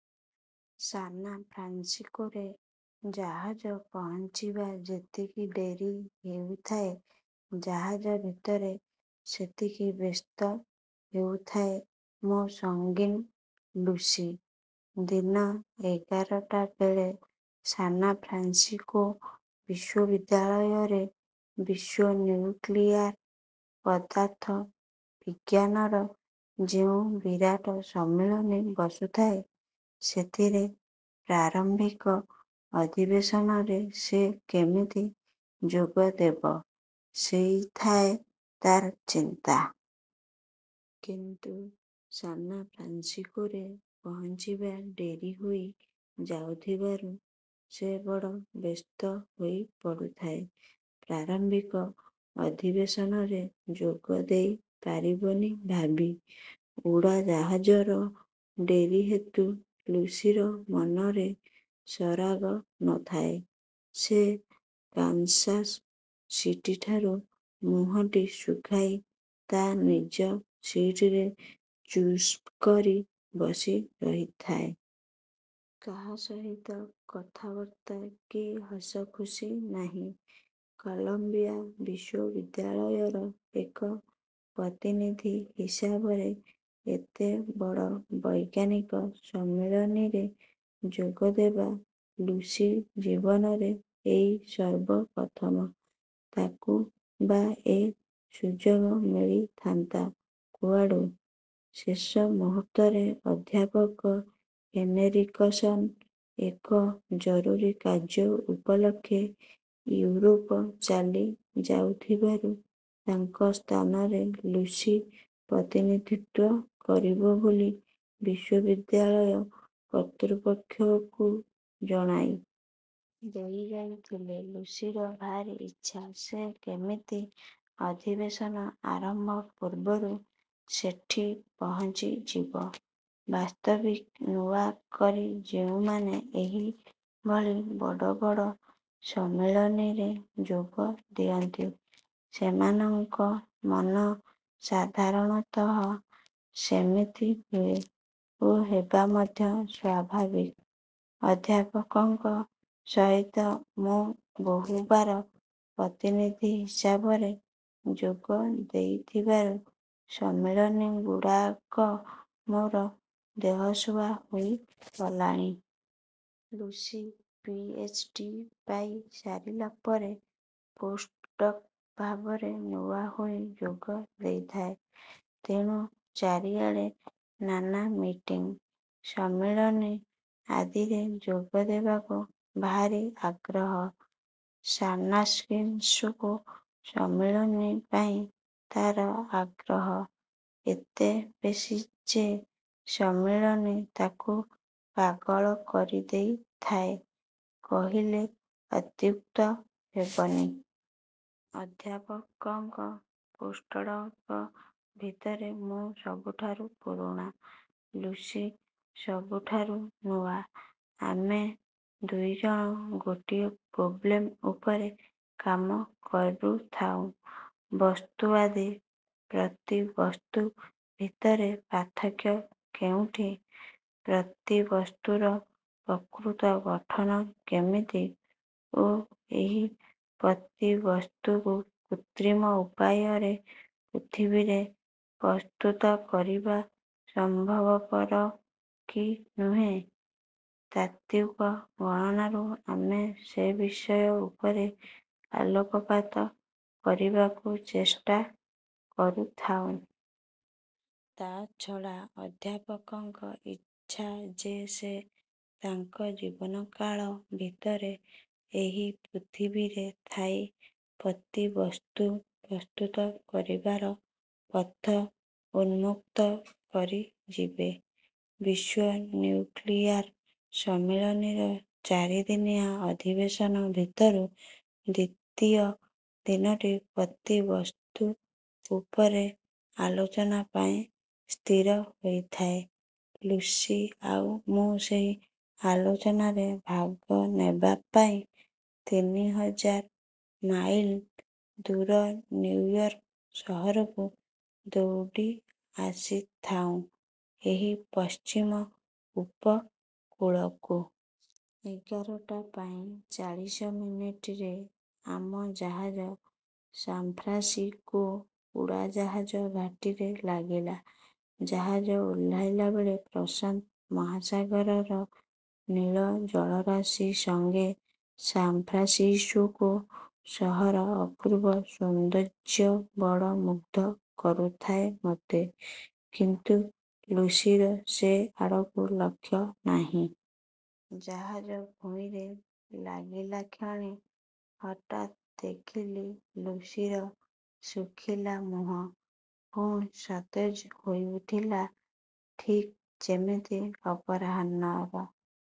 ସାନ୍ଫ୍ରାନ୍ସିସକୋରେ ଜାହାଜ ପହଞ୍ଚିବା ଯେତିକି ଡେରି ହେଉଥାଏ, ଜାହାଜ ଭିତରେ ସେତିକି ବ୍ୟସ୍ତ ହେଉଥାଏ ମୋ ସଙ୍ଗିନୀ ଲୁସି। ଦିନ ଏଗାରଟାବେଳେ ସାନ୍ଫ୍ରାନ୍ସିସକୋ ବିଶ୍ୱବିଦ୍ୟାଳୟରେ ବିଶ୍ୱନିଉକ୍ଲିଆର ପଦାର୍ଥ ବିଜ୍ଞାନର ଯେଉଁ ବିରାଟ ସମ୍ମିଳନୀ ବସୁଥାଏ, ସେଥିର ପ୍ରାରମ୍ଭିକ ଅଧିବେଶନରେ ସେ କେମିତି ଯୋଗ ଦେବ, ସେଇ ଥାଏ ତାର ଚିନ୍ତା। କିନ୍ତୁ ସାନ୍ଫ୍ରାନ୍ସିସକୋରେ ପହଞ୍ଚିବା ଡେରି ହୋଇ ଯାଉଥିବାରୁ ସେ ବଡ଼ ବ୍ୟସ୍ତ ହୋଇ ପଡ଼ୁଥାଏ, ପ୍ରାରମ୍ଭିକ ଅଧିବେଶନରେ ଯୋଗଦେଇ ପାରିବନି ଭାବି। ଉଡ଼ାଜାହାଜର ଡେରି ହେତୁ ଲୁସିର ମନରେ ସରାଗ ନ ଥାଏ। ସେ କାନସାସ୍ ସିଟିଠାରୁ ମୁହଟି ଶୁଖାଇ ତା ନିଜ ସିଟରେ ଚୁପ୍କରି ବସି ରହିଥାଏ। କା ସହିତ କଥାବାର୍ତ୍ତା କି ହସଖୁସି ନାହିଁ। କଲମ୍ବିଆ ବିଶ୍ୱବିଦ୍ୟାଳୟର ଏକ ପ୍ରତିନିଧି ହିସାବରେ ଏତେ ବଡ଼ ବୈଜ୍ଞାନିକ ସମ୍ମିଳନୀରେ ଯୋଗଦେବା ଲୁସି ଜୀବନରେ ଏଇ ସର୍ବ ପ୍ରଥମ। ତାକୁ ବା ଏ ସୁଯୋଗ ମିଳିଥାନ୍ତା କୁଆଡ଼ୁ? ଶେଷ ମୁହୂର୍ତ୍ତରେ ଅଧ୍ୟାପକ ହେନେରିକସନ୍ ଏକ ଜରୁରୀ କାର୍ଯ୍ୟ ଉପଲକ୍ଷେ ଇଉରୋପ ଚାଲି ଯାଉଥିବାରୁ ତାଙ୍କ ସ୍ଥାନରେ ଲୁସି ପ୍ରତିନିଧିତ୍ୱ କରିବ ବୋଲି ବିଶ୍ୱବିଦ୍ୟାଳୟ କର୍ତ୍ତ୍ୱପକ୍ଷକୁ ଜଣାଇ। ଦେଇ ଯାଇଥିଲେ। ଲୁସିର ଭାରି ଇଚ୍ଛା ସେ କେମିତି ଅଧିବେଶନ ଆରମ୍ଭ ପୂର୍ବରୁ ସେଠି ପହଞ୍ଚିଯିବ। ବାସ୍ତବିକ୍ ନୂଆ କରି ଯେଉଁମାନେ ଏହି ଭଳି ବଡ଼ ବଡ଼ ସମ୍ମିଳନୀରେ ଯୋଗଦିଅନ୍ତି, ସେମାନଙ୍କ ମନ ସାଧାରଣତଃ ସେମିତି ହୁଏ ଓ ହେବା ମଧ୍ୟ ସ୍ୱାଭାବିକ। ଅଧ୍ୟାପକଙ୍କ ସହିତ ମୁଁ ବହୁ ବାର ପ୍ରତିନିଧି ହିସାବରେ ଯୋଗ ଦେଇଥିବାରୁ ସମ୍ମିଳନୀଗୁଡ଼ାକ ମୋର ଦେହସୁହା ହୋଇ ଗଲାଣି। Lucy P. ଏଚ. ଡି ପାଇ ସାରିଲା ପରେ ପୋଷ୍ଟଡକ୍ ଭାବରେ ନୂଆ ହୋଇ ଯୋଗ ଦେଇଥାଏ। ତେଣୁ ଚାରିଆଡ଼େ ନାନା ମିଟିଂ, ସମ୍ମିଳନୀ ଆଦିରେ ଯୋଗ ଦେବାକୁ ଭାରି ଆଗ୍ରହ। ସାନ୍ଫ୍ରାନ୍ସିସକୋ ସମ୍ମିଳନୀ ପାଇଁ ତା'ର ଆଗ୍ରହ ଏତେ ବେଶି ଯେ ସମ୍ମିଳନୀ ତାକୁ ପାଗଳ କରି ଦେଇ ଥାଏ କହିଲେ ଅତ୍ୟୁକ୍ତ ହେବନି। ଅଧ୍ୟାପକଙ୍କ ପୋଷ୍ଟଡ଼କ୍ ଭିତରେ ମୁଁ ସବୁଠାରୁ ପୁରୁଣା; ଲୁସି ସବୁଠାରୁ ନୂଆ। ଆମେ ଦୁଇ ଜଣ ଗୋଟିଏ ପ୍ରୋବ୍ଲେମ୍ ଉପରେ କାମ କରୁଥାଉଁ। ବସ୍ତୁ ଆଉ ପ୍ରତି ବସ୍ତୁ ଭିତରେ ପାର୍ଥକ୍ୟ କେଉଁଠି? ପ୍ରତିବସ୍ତୁର ପ୍ରକୃତ ଗଠନ କେମିତି ଓ ଏହି ପ୍ରତିବସ୍ତୁକୁ କୃତ୍ରିମ ଉପାୟରେ ପୃଥିବୀରେ ପ୍ରସ୍ତୁତ କରିବା ସମ୍ଭବପର କି ନୁହେଁ, ତାତ୍ତ୍ୱିକ ଗଣନାରୁ ଆମେ ସେ ବିଷୟଉପରେ ଆଲୋକପାତ କରିବାକୁ ଚେଷ୍ଟା କରୁଥାଉଁ। ତା ଛଡ଼ା ଅଧ୍ୟାପକଙ୍କ ଇଚ୍ଛା ଯେ ସେ ତାଙ୍କ ଜୀବନକାଳ ଭିତରେ ଏହି ପୃଥିବୀରେ ଥାଇ ପ୍ରତିବସ୍ତୁ ପ୍ରସ୍ତୁତ କରିବାର ପଥ ଉନ୍ମୁକ୍ତ କରି ଯିବେ। ବିଶ୍ୱନିଉକ୍ଲିଆର ସମ୍ମିଳନୀର ଚାରିଦିନିଆ ଅଧିବେଶନ ଭିତରୁ ଦ୍ୱିତୀୟ ଦିନଟି ପ୍ରତିବସ୍ତୁ ଉପରେ ଆଲୋଚନା ପାଇଁ ସ୍ଥିର ହୋଇଥାଏ। ଲୁସି ଆଉ ମୁଁ ସେଇ ଆଲୋଚନାରେ ଭାଗ ନେବା ପାଇଁ ତିନି ହଜାର ମାଇଲ ଦୂରନିଉୟର୍କ ସହରରୁ ଦୌଡ଼ି ଆସି ଥାଉଁ ଏହି ପଶ୍ଚିମ ଉପକୁଳକୁ। ଏଗାରଟା ପାଇଁ ଚାଳିଶ ମିନିଟ୍ ରେ ଆମ ଜାହାଜ ସାନ୍ଫ୍ରାନ୍ସିସକୋ ଉଡ଼ାଜାହାଜ ଘାଟିରେ ଲାଗିଲା। ଜାହାଜ ଓହ୍ଲାଇଲା ବେଳେ ପ୍ରଶାନ୍ତ ମହାସାଗରର ନୀଳ ଜଳରାଶି ସଙ୍ଗେ ସାନ୍ଫ୍ରାନ୍ସିସକୋ ସହରର ଅପୂର୍ବ ସୌନ୍ଦର୍ଯ୍ୟ ବଡ଼ ମୁଗ୍ଧ କରୁଥାଏ ମୋତେ; କିନ୍ତୁ ଲୁସିର ସେ ଆଡ଼କୁ ଲକ୍ଷ୍ୟ ନାହିଁ। ଜାହାଜ ଭୂଇଁରେ ଲାଗିଲାକ୍ଷଣି ହଠାତ୍ ଦେଖିଲି ଲୁସିର ଶୁଖିଲା ମୁହଁ ପୁଣି ସତେଜ ହୋଇ ଉଠିଲା, ଠିକ୍ ଯେମିତି ଅପରାହ୍ନର